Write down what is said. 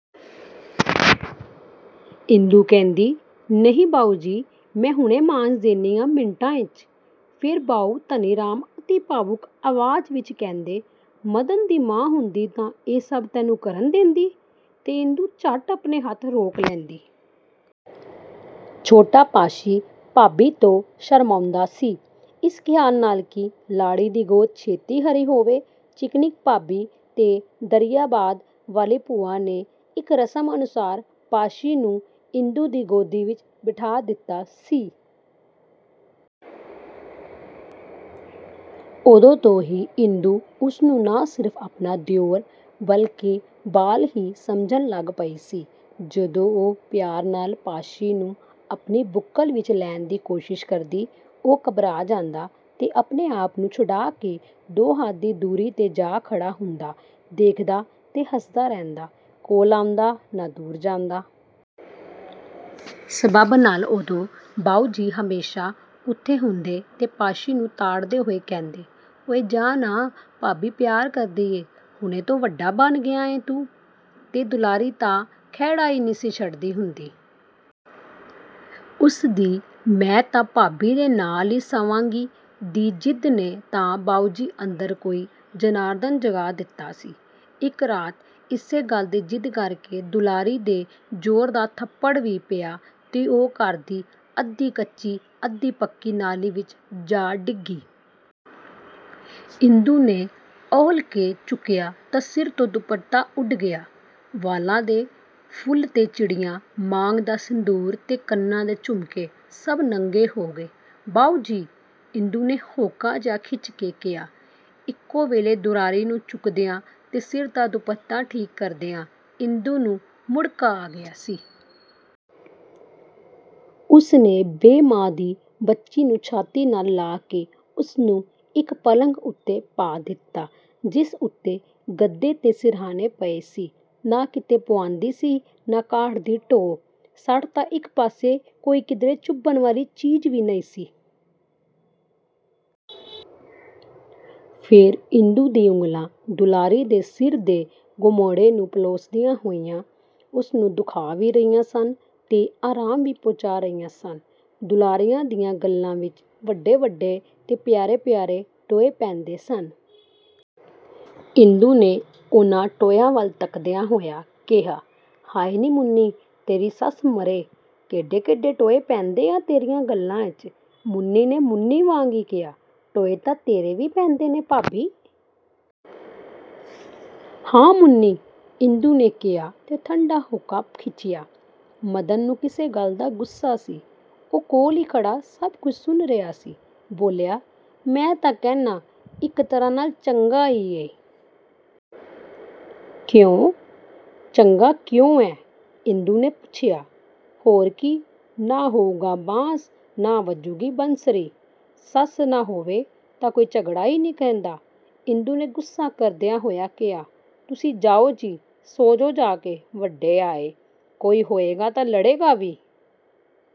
" ਇੰਦੂ ਕਹਿੰਦੀ-"ਨਹੀਂ ਬਾਊਜੀ, ਮੈਂ ਹੁਣੇ ਮਾਂਜ ਦੇਨੀ ਆਂ, ਮਿੰਟਾਂ 'ਚ। " ਫੇਰ ਬਾਊ ਧਨੀਰਾਮ ਅਤੀ ਭਾਵੁਕ ਆਵਾਜ਼ ਵਿਚ ਕਹਿੰਦੇ-"ਮਦਨ ਦੀ ਮਾਂ ਹੁੰਦੀ ਤਾਂ ਇਹ ਸਭ ਤੈਨੂੰ ਕਰਨ ਦੇਂਦੀ? " ਤੇ ਇੰਦੂ ਝੱਟ ਆਪਣੇ ਹੱਥ ਰੋਕ ਲੈਂਦੀ। ਛੋਟਾ ਪਾਸ਼ੀ ਭਾਬੀ ਤੋਂ ਸ਼ਰਮਾਉਂਦਾ ਸੀ। ਇਸ ਖ਼ਿਆਲ ਨਾਲ ਕਿ ਲਾੜੀ ਦੀ ਗੋਦ ਛੇਤੀ ਹਰੀ ਹੋਵੇ, ਚਿਕਨੀ ਭਾਬੀ ਤੇ ਦਰਿਆਬਾਦ ਵਾਲੀ ਭੂਆ ਨੇ ਇਕ ਰਸਮ ਅਨੁਸਾਰ ਪਾਸ਼ੀ ਨੂੰ ਇੰਦੂ ਦੀ ਗੋਦੀ ਵਿਚ ਬਿਠਾਅ ਦਿਤਾ ਸੀ। ਉਦੋਂ ਤੋਂ ਹੀ ਇੰਦੂ ਉਸਨੂੰ ਨਾ ਸਿਰਫ ਆਪਣਾ ਦਿਓਰ ਬਲਿਕੇ ਬਾਲ ਹੀ ਸਮਝਣ ਲੱਗ ਪਈ ਸੀ। ਜਦੋਂ ਉਹ ਪਿਆਰ ਨਾਲ ਪਾਸ਼ੀ ਨੂੰ ਆਪਣੀ ਬੁੱਕਲ ਵਿਚ ਲੈਣ ਦੀ ਕੋਸ਼ਿਸ਼ ਕਰਦੀ, ਉਹ ਘਬਰਾ ਜਾਂਦਾ ਤੇ ਆਪਣੇ ਆਪ ਨੂੰ ਛੁਡਾਅ ਕੇ ਦੋ ਹੱਥ ਦੀ ਦੂਰੀ 'ਤੇ ਜਾ ਖੜ੍ਹਾ ਹੁੰਦਾ-ਦੇਖਦਾ ਤੇ ਹੱਸਦਾ ਰਹਿੰਦਾ; ਕੋਲ ਆਉਂਦਾ.. ਨਾ ਦੂਰ ਜਾਂਦਾ। ਸਬੱਬ ਨਾਲ ਉਦੋਂ ਬਾਊਜੀ ਹਮੇਸ਼ਾ ਉੱਥੇ ਹੁੰਦੇ ਤੇ ਪਾਸ਼ੀ ਨੂੰ ਤਾੜਦੇ ਹੋਏ ਕਹਿੰਦੇ-"ਓਇ ਜਾਹ ਨਾ… ਭਾਬੀ ਪਿਆਰ ਕਰਦੀ ਏ। ਹੁਣੇ ਤੋਂ ਵੱਡਾ ਬਣ ਗਿਆ ਏਂ ਤੂੰ? " ਤੇ ਦੁਲਾਰੀ ਤਾਂ ਖਹਿੜਾ ਹੀ ਨਹੀਂ ਸੀ ਛੱਡਦੀ ਹੁੰਦੀ। ਉਸਦੀ 'ਮੈਂ ਤਾਂ ਭਾਬੀ ਦੇ ਨਾਲ ਈ ਸੰਵਾਂਗੀ' ਦੀ ਜ਼ਿਦ ਨੇ ਤਾਂ ਬਾਊਜੀ ਅੰਦਰ ਕੋਈ ਜਨਾਰਧਨ ਜਗਾ ਦਿਤਾ ਸੀ। ਇਕ ਰਾਤ ਇਸੇ ਗੱਲ ਦੀ ਜ਼ਿਦ ਕਰਕੇ ਦੁਲਾਰੀ ਦੇ ਜ਼ੋਰਦਾਰ ਥੱਪੜ ਵੀ ਪਿਆ ਤੇ ਉਹ ਘਰ ਦੀ ਅੱਧੀ–ਕੱਚੀ, ਅੱਧੀ–ਪੱਕੀ ਨਾਲੀ ਵਿਚ ਜਾ ਡਿੱਗੀ। ਇੰਦੂ ਨੇ ਅਹੂਲ ਕੇ ਚੁੱਕਿਆ ਤਾਂ ਸਿਰ ਤੋਂ ਦੁੱਪਟਾ ਉੱਡ ਗਿਆ। ਵਾਲਾਂ ਦੇ ਫੁੱਲ ਤੇ ਚਿੜੀਆਂ, ਮਾਂਗ ਦਾ ਸਿੰਧੂਰ ਤੇ ਕੰਨਾਂ ਦੇ ਝੁਮਕੇ ਸਭ ਨੰਗੇ ਹੋ ਗਏ। "ਬਾਊਜੀ! " ਇੰਦੂ ਨੇ ਹਊਂਕਾ ਜਿਹਾ ਖਿੱਚ ਕੇ ਕਿਹਾ… ਇਕੋ ਵੇਲੇ ਦੁਲਾਰੀ ਨੂੰ ਚੁੱਕਦਿਆਂ ਤੇ ਸਿਰ ਦਾ ਦੁਪੱਟਾ ਠੀਕ ਕਰਦਿਆਂ ਇੰਦੂ ਨੂੰ ਮੁੜ੍ਹਕਾ ਆ ਗਿਆ ਸੀ। ਉਸਨੇ ਬੇ–ਮਾਂ ਦੀ ਬੱਚੀ ਨੂੰ ਛਾਤੀ ਨਾਲ ਲਾ ਕੇ ਉਸਨੂੰ ਇਕ ਪਲੰਘ ਉੱਤੇ ਪਾ ਦਿਤਾ, ਜਿਸ ਉੱਤੇ ਗੱਦੇ ਤੇ ਸਿਰਹਾਣੇ ਪਏ ਸੀ। ਨਾ ਕਿਤੇ ਪੁਆਂਦੀ ਸੀ ਨਾ ਕਾਠ ਦੀ ਢੋਅ। ਸੱਟ ਤਾਂ ਇਕ ਪਾਸੇ ਕੋਈ ਕਿਧਰੇ ਚੁਭਣ ਵਾਲੀ ਚੀਜ਼ ਵੀ ਨਹੀਂ ਸੀ। ਫੇਰ ਇੰਦੂ ਦੀਆਂ ਉਂਗਲਾਂ ਦੁਲਾਰੀ ਦੇ ਸਿਰ ਦੇ ਗਮੋੜ੍ਹੇ ਨੂੰ ਪਲੋਸਤੀਆਂ ਹੋਈਆਂ-ਉਸਨੂੰ ਦੁਖਾਅ ਵੀ ਰਹੀਆਂ ਸਨ ਤੇ ਆਰਾਮ ਵੀ ਪਹੁੰਚਾਅ ਰਹੀਆਂ ਸਨ। ਦੁਲਾਰੀਆਂ ਦੀਆਂ ਗੱਲ੍ਹਾਂ ਵਿਚ ਵੱਡੇ ਵੱਡੇ ਤੇ ਪਿਆਰੇ ਪਿਆਰੇ ਟੋਏ ਪੈਂਦੇ ਸਨ। ਇੰਦੂ ਨੇ ਉਹਨਾਂ ਟੋਇਆਂ ਵੱਲ ਤੱਕਦਿਆਂ ਹੋਇਆਂ ਕਿਹਾ-"ਹਾਏ ਨੀਂ ਮੁੰਨੀਂ! ਤੇਰੀ ਸੱਸ ਮਰੇ, ਕੇਡੇ ਕੇਡੇ ਟੋਏ ਪੈਂਦੇ ਆ ਤੇਰੀਆਂ ਗੱਲ੍ਹਾਂ 'ਚ…! " ਮੁੰਨੀ ਨੇ ਮੁੰਨੀ ਵਾਂਗ ਹੀ ਕਿਹਾ-"ਟੋਏ ਤਾਂ ਤੇਰੇ ਵੀ ਪੈਂਦੇ ਨੇ ਭਾਬੀ! " "ਹਾਂ ਮੁੰਨੀ! " ਇੰਦੂ ਨੇ ਕਿਹਾ ਤੇ ਠੰਡਾ ਹਊਕਾ ਖਿੱਚਿਆ। ਮਦਨ ਨੂੰ ਕਿਸੇ ਗੱਲ ਦਾ ਗੁੱਸਾ ਸੀ। ਉਹ ਕੋਲ ਹੀ ਖੜ੍ਹਾ ਸਭ ਕੁਝ ਸੁਣ ਰਿਹਾ ਸੀ। ਬੋਲਿਆ, "ਮੈਂ ਤਾਂ ਕਹਿਣਾ, ਇਕ ਤਰ੍ਹਾਂ ਨਾਲ ਚੰਗਾ ਈ ਏ। " "ਕਿਉਂ, ਚੰਗਾ ਕਿਉਂ ਐ? " ਇੰਦੂ ਨੇ ਪੁੱਛਿਆ। "ਹੋਰ ਕੀ, ਨਾ ਹੋਊਗਾ ਬਾਂਸ, ਨਾ ਵੱਜੂਗੀ ਬੰਸਰੀ। ਸੱਸ ਨਾ ਹੋਵੇ ਤਾਂ ਕੋਈ ਝਗੜਾ ਈ ਨਹੀਂ ਰਹਿੰਦਾ। " ਇੰਦੂ ਨੇ ਗੁੱਸਾ ਕਰਦਿਆਂ ਹੋਇਆਂ ਕਿਹਾ-"ਤੁਸੀਂ ਜਾਓ ਜੀ, ਸੌਂ ਜੋ ਜਾ ਕੇ, ਵੱਡੇ ਆਏ… ਕੋਈ ਹੋਏਗਾ ਤਾਂ ਲੜੇਗਾ ਵੀ।